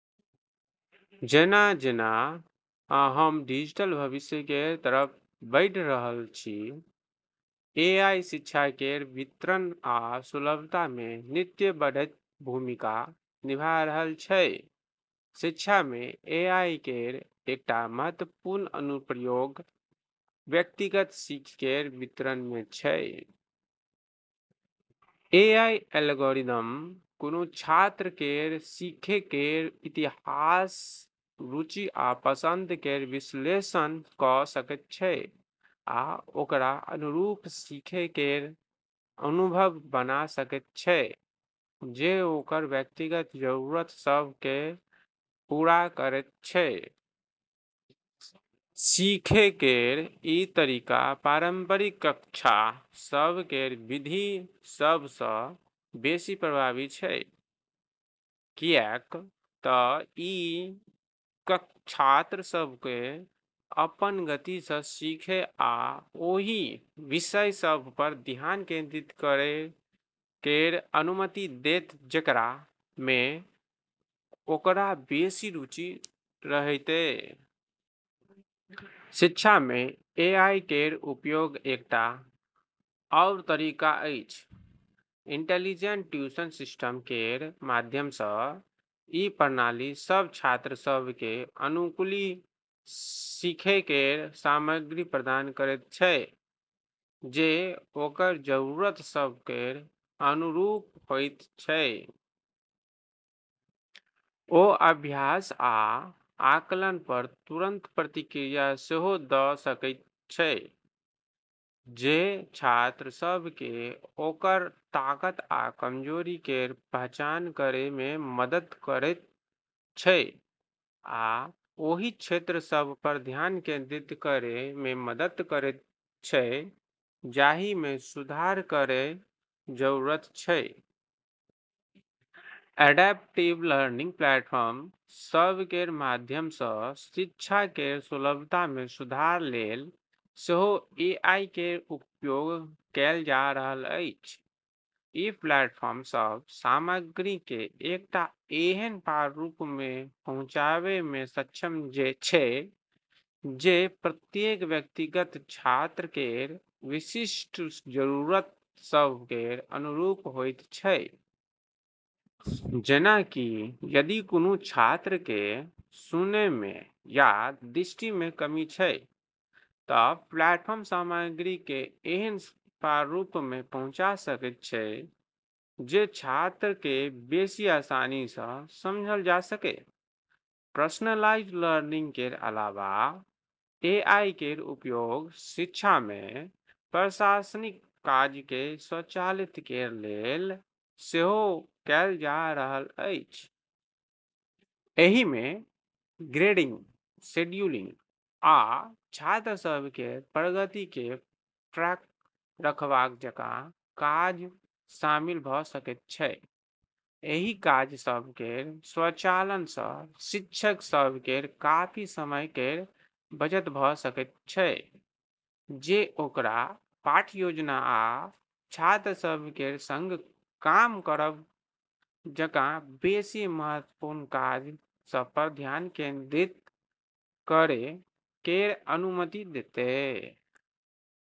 जेना-जेना हम डिजिटल भविष्य केर तरफ बढ़ि रहल छी, एआई शिक्षा केर वितरण आ सुलभता मे नित्य बढ़ैत भूमिका निभा रहल छै। शिक्षा मे एआई केर एकटा महत्वपूर्ण अनुप्रयोग व्यक्तिगत सीख केर वितरण मे छै। एआई एल्गोरिदम कोनो छात्र केर सीखै केर इतिहास, रुचि आ पसंद केर विश्लेषण कऽ सकैत छै आ ओकरा अनुरूप सीखै केर अनुभव बना सकैत छै जे ओकर व्यक्तिगत जरूरत सभ केँ पूरा करैत छै। सीखै केर ई तरीका पारंपरिक कक्षा सभ केर विधि सभ सँ बेसी प्रभावी छै, किऐक त ई छात्र सभ केँ अपन गति सँ सीखै आ ओहि विषय सभ पर ध्यान केंद्रित करै केर अनुमति देतै जेकरा मे ओकरा बेसी रुचि रहतै। शिक्षा मे एआई केर उपयोग एकटा आओर तरीका अछि इंटेलिजेंट ट्यूशन सिस्टम केर माध्यम सँ। ई प्रणाली सभ छात्र सभ केँ अनुकूली सीखै केर सामग्री प्रदान करैत छै जे ओकर जरूरत सभ केर अनुरूप होइत छै। ओ अभ्यास आ आकलन पर तुरंत प्रतिक्रिया सेहो दऽ सकैत छै, जे छात्र सभ केँ ओकर ताकत आ कमजोरी केर पहचान करै मे मदद करैत छै आ ओहि क्षेत्र सभ पर ध्यान केंद्रित करै मे मदद करैत छै जाहि मे सुधार केर जरूरत छै। एडैप्टिव लर्निंग प्लेटफॉर्म सभ केर माध्यम सँ शिक्षा केर सुलभता मे सुधार लेल सेहो एआई केर उपयोग कएल जा रहल अछि। ई प्लेटफॉर्म सभ सामग्री केँ एकटा एहन प्रारूप मे पहुँचाबै मे सक्षम छै जे प्रत्येक व्यक्तिगत छात्र केर विशिष्ट जरूरत सभ केर अनुरूप होइत छै। जेना कि यदि कोनो छात्र केँ सुनै मे या दृष्टि मे कमी छै, त प्लेटफॉर्म सामग्री केँ एहन प्रारूप मे पहुँचा सकैत छै जे छात्र केँ बेसी आसानी सँ समझल जा सकै। पर्सनलाइज्ड लर्निंग केर अलावा एआई केर उपयोग शिक्षा मे प्रशासनिक काज केँ स्वचालित करै लेल सेहो कएल जा रहल अछि। एहि मे ग्रेडिंग, शेड्यूलिंग, आ छात्र सभ केर प्रगति केँ ट्रैक रखब जकाँ काज शामिल भऽ सकैत छै। एहि काज सभ केर स्वचालन सँ शिक्षक सभ केर काफी समय केर बचत भऽ सकैत छै, जे ओकरा पाठ योजना आ छात्र सभ केर संग काम करब जकाँ बेसी महत्वपूर्ण काज सभ पर ध्यान केंद्रित करै केर अनुमति देतै।